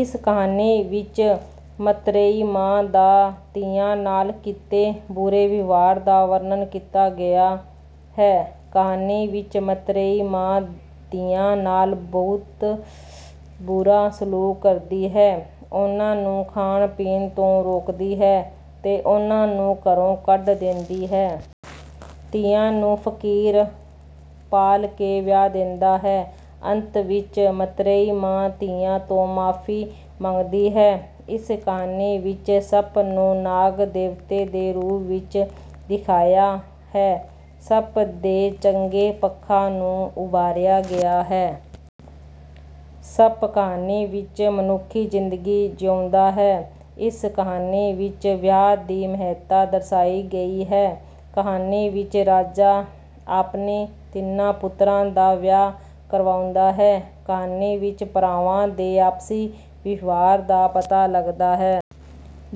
ਇਸ ਕਹਾਣੀ ਵਿਚ ਮੱਤਰੇਈ ਮਾਂ ਦਾ ਧੀਆਂ ਨਾਲ ਕੀਤੇ ਬੁਰੇ ਵਿਵਹਾਰ ਦਾ ਵਰਣਨ ਕੀਤਾ ਗਿਆ ਹੈ। ਕਹਾਣੀ ਵਿਚ ਮੱਤਰੇਈ ਮਾਂ ਧੀਆਂ ਨਾਲ ਬੁਰਾ ਸਲੂਕ ਕਰਦੀ ਹੈ, ਉਨ੍ਹਾਂ ਨੂੰ ਖਾਣ ਪੀਣ ਤੋਂ ਰੋਕਦੀ ਹੈ ਤੇ ਉਨ੍ਹਾਂ ਨੂੰ ਘਰੌਂ ਕੱਢ ਦਿੰਦੀ ਹੈ। ਧੀਆਂ ਨੂੰ ਫਕੀਰ ਪਾਲ ਕੇ ਵਿਆਹ ਦਿੰਦਾ ਹੈ। ਅੰਤ ਵਿਚ ਮਤ੍ਰੇਈ ਮਾਂ ਧੀਆਂ ਤੋਂ ਮਾਫ਼ੀ ਮੰਗਦੀ ਹੈ। ਇਸ ਕਹਾਣੀ ਵਿਚ ਸੱਪ ਨੂੰ ਨਾਗ ਦੇਵਤੇ ਦੇ ਰੂਪ ਵਿਚ ਦਿਖਾਇਆ ਹੈ। ਸੱਪ ਦੇ ਚੰਗੇ ਪੱਖਾਂ ਨੂੰ ਉਭਾਰਿਆ ਗਿਆ ਹੈ। ਸੱਪ ਕਹਾਣੀ ਵਿਚ ਮਨੁੱਖੀ ਜ਼ਿੰਦਗੀ ਜਿਉਂਦਾ ਹੈ। ਇਸ ਕਹਾਣੀ ਵਿਚ ਵਿਆਹ ਦੀ ਮਹੱਤਤਾ ਦਰਸਾਈ ਗਈ ਹੈ। ਕਹਾਣੀ ਵਿਚ ਰਾਜਾ ਆਪਣੇਤਿੰਨਾਂ ਪੁੱਤਰਾਂ ਦਾ ਵਿਆਹ ਕਰਾਉਂਦਾ ਹੈ। ਕਹਾਣੀ ਵਿਚ ਭਰਾਵਾਂ ਦੇ ਆਪਸੀ ਵਿਵਹਾਰ ਦਾ ਪਤਾ ਲਗਦਾ ਹੈ।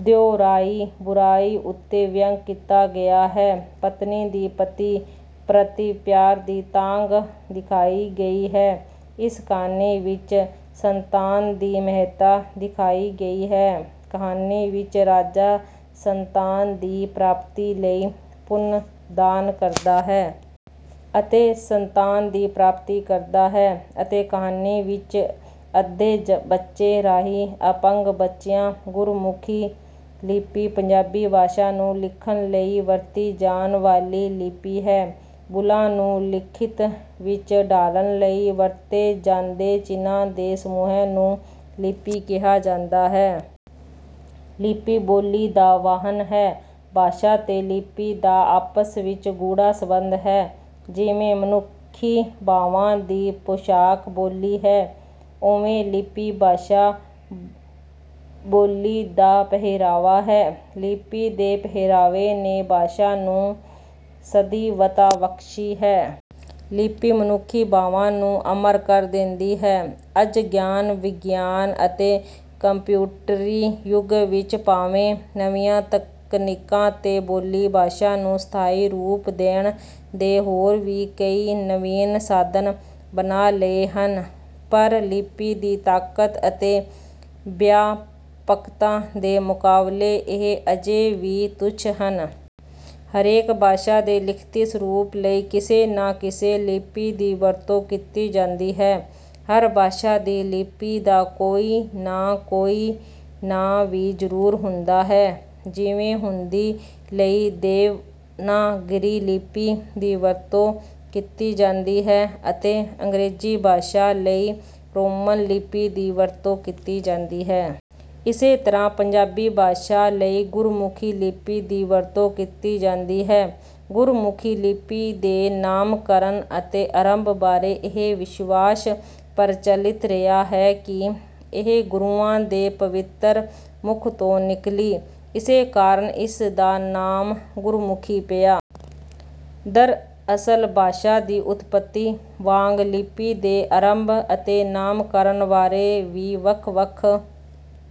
ਦਿਓ ਰਾਹੀ ਬੁਰਾਈ ਉਤੇ ਵਿਅੰਗ ਕੀਤਾ ਗਿਆ ਹੈ। ਪਤਨੀ ਦੀ ਪਤੀ ਪ੍ਰਤੀ ਪਿਆਰ ਦੀ ਤਾਂਘ ਦਿਖਾਈ ਗਈ ਹੈ। ਇਸ ਕਹਾਣੀ ਵਿਚ ਸੰਤਾਨ ਦੀ ਮਹੱਤਤਾ ਦਿਖਾਈ ਗਈ ਹੈ। ਕਹਾਣੀ ਵਿਚ ਰਾਜਾ ਸੰਤਾਨ ਦੀ ਪ੍ਰਾਪਤੀ ਲਈ ਪੁੰਨ ਦਾਨ ਕਰਦਾ ਹੈ। ਅਤੇ ਸੰਤਾਨ ਦੀ ਪ੍ਰਾਪਤੀ ਕਰਦਾ ਹੈ। ਅਤੇ ਕਹਾਣੀ ਵਿਚ ਅੱਧੇ ਬੱਚੇ ਰਾਹੀ ਅਪੰਗ ਬੱਚਿਆਂ। ਗੁਰਮੁਖੀ ਲਿਪੀ ਪੰਜਾਬੀ ਭਾਸ਼ਾ ਨੂੰ ਲਿਖਣ ਲਈ ਵਰਤੀ ਜਾਣ ਵਾਲੀ ਲਿਪੀ ਹੈ। ਬੋਲਾਂ ਨੂੰ ਲਿਖਤ ਵਿੱਚ ਢਾਲਣ ਲਈ ਵਰਤੇ ਜਾਂਦੇ ਚਿੰਨ੍ਹਾਂ ਦੇ ਸਮੂਹ ਨੂੰ ਲਿਪੀ ਕਿਹਾ ਜਾਂਦਾ ਹੈ। ਲਿਪੀ ਬੋਲੀ ਦਾ ਵਾਹਣ ਹੈ। ਭਾਸ਼ਾ ਤੇ ਲਿਪੀ ਦਾ ਆਪਸ ਵਿੱਚ ਗੂੜ੍ਹਾ ਸੰਬੰਧ ਹੈ। ਜਿਵੇਂ ਮਨੁੱਖੀਭਾਵਾਂ ਦੀ ਪੁਸ਼ਾਕ ਬੋਲੀ ਹੈ, ਉਵੇਂ ਲਿਪੀ ਭਾਸ਼ਾ ੋਲੀ ਦਾ ਪਹਿਰਾਵਾ ਹੈ। ਲਿਪੀ ਦੇ ਪਹਿਰਾਵੇ ਨੇ ਭਾਸ਼ਾ ਨੂੰ ਸਦੀਵਤਾ ਬਖ਼ਸ਼ੀ ਹੈ। ਲਿਪੀ ਮਨੁੱਖੀ ਭਾਵਾਂ ਨੂੰ ਅਮਰ ਕਰ ਦਿੰਦੀ ਹੈ। ਅੱਜ ਗਿਆਨ, ਵਿਗਿਆਨ ਅਤੇਕੰਪਿਊਟਰੀ ਯੁੱਗ ਵਿੱਚ ਭਾਵੇਂ ਨਵੀਆਂ ਤਕਨੀਕਾਂ ਨੇ ਬੋਲੀ ਭਾਸ਼ਾ ਨੂੰ ਸਥਾਈ ਰੂਪ ਦੇਣ ਦੇ ਹੋਰ ਵੀ ਕਈ ਨਵੀਨ ਸਾਧਨ ਬਣਾ ਲਏ ਹਨ, ਪਰ ਲਿਪੀ ਦੀ ਤਾਕਤ ਅਤੇ ਵਿਆਪਕਤਾ ਦੇ ਮੁਕਾਬਲੇ ਇਹ ਅਜੇ ਵੀ ਤੁੱਛ ਹਨ। ਹਰੇਕ ਭਾਸ਼ਾ ਦੇ ਲਿਖਤੀ ਸਰੂਪ ਲਈ ਕਿਸੇ ਨਾ ਕਿਸੇ ਲਿਪੀ ਦੀ ਵਰਤੋਂ ਕੀਤੀ ਜਾਂਦੀ ਹੈ। ਹਰ ਭਾਸ਼ਾ ਦੀ ਲਿਪੀ ਦਾ ਕੋਈ ਨਾ ਕੋਈ ਨਾਂ ਵੀ ਜ਼ਰੂਰ ਹੁੰਦਾ ਹੈ, ਜਿਵੇਂ ਹਿੰਦੀ ਲਈ ਦੇਵਨਾਗਰੀ ਲਿਪੀ ਦੀ ਵਰਤੋਂ ਕੀਤੀ ਜਾਂਦੀ ਹੈ ਅਤੇ ਅੰਗਰੇਜ਼ੀ ਭਾਸ਼ਾ ਲਈ ਰੋਮਨ ਲਿਪੀ ਦੀ ਵਰਤੋਂ ਕੀਤੀ ਜਾਂਦੀ ਹੈ। ਇਸੇ ਤਰ੍ਹਾਂ ਪੰਜਾਬੀ ਭਾਸ਼ਾ ਲਈ ਗੁਰਮੁਖੀ ਲਿਪੀ ਦੀ ਵਰਤੋਂ ਕੀਤੀ ਜਾਂਦੀ ਹੈ। ਗੁਰਮੁਖੀ ਲਿਪੀ ਦੇ ਨਾਮਕਰਨ ਅਤੇ ਅਰੰਭ ਬਾਰੇ ਇਹ ਵਿਸ਼ਵਾਸ ਪ੍ਰਚਲਿਤ ਰਿਹਾ ਹੈ ਕਿ ਇਹ ਗੁਰੂਆਂ ਦੇ ਪਵਿੱਤਰ ਮੁੱਖ ਤੋਂ ਨਿਕਲੀ। ਇਸੇ ਕਾਰਨ ਇਸ ਦਾ ਨਾਮ ਗੁਰਮੁਖੀ ਪਿਆ। ਦਰਅਸਲ ਭਾਸ਼ਾ ਦੀ ਉਤਪਤੀ ਵਾਂਗ ਲਿਪੀ ਦੇ ਅਰੰਭ ਅਤੇ ਨਾਮਕਰਨ ਬਾਰੇ ਵੀ ਵੱਖ-ਵੱਖ...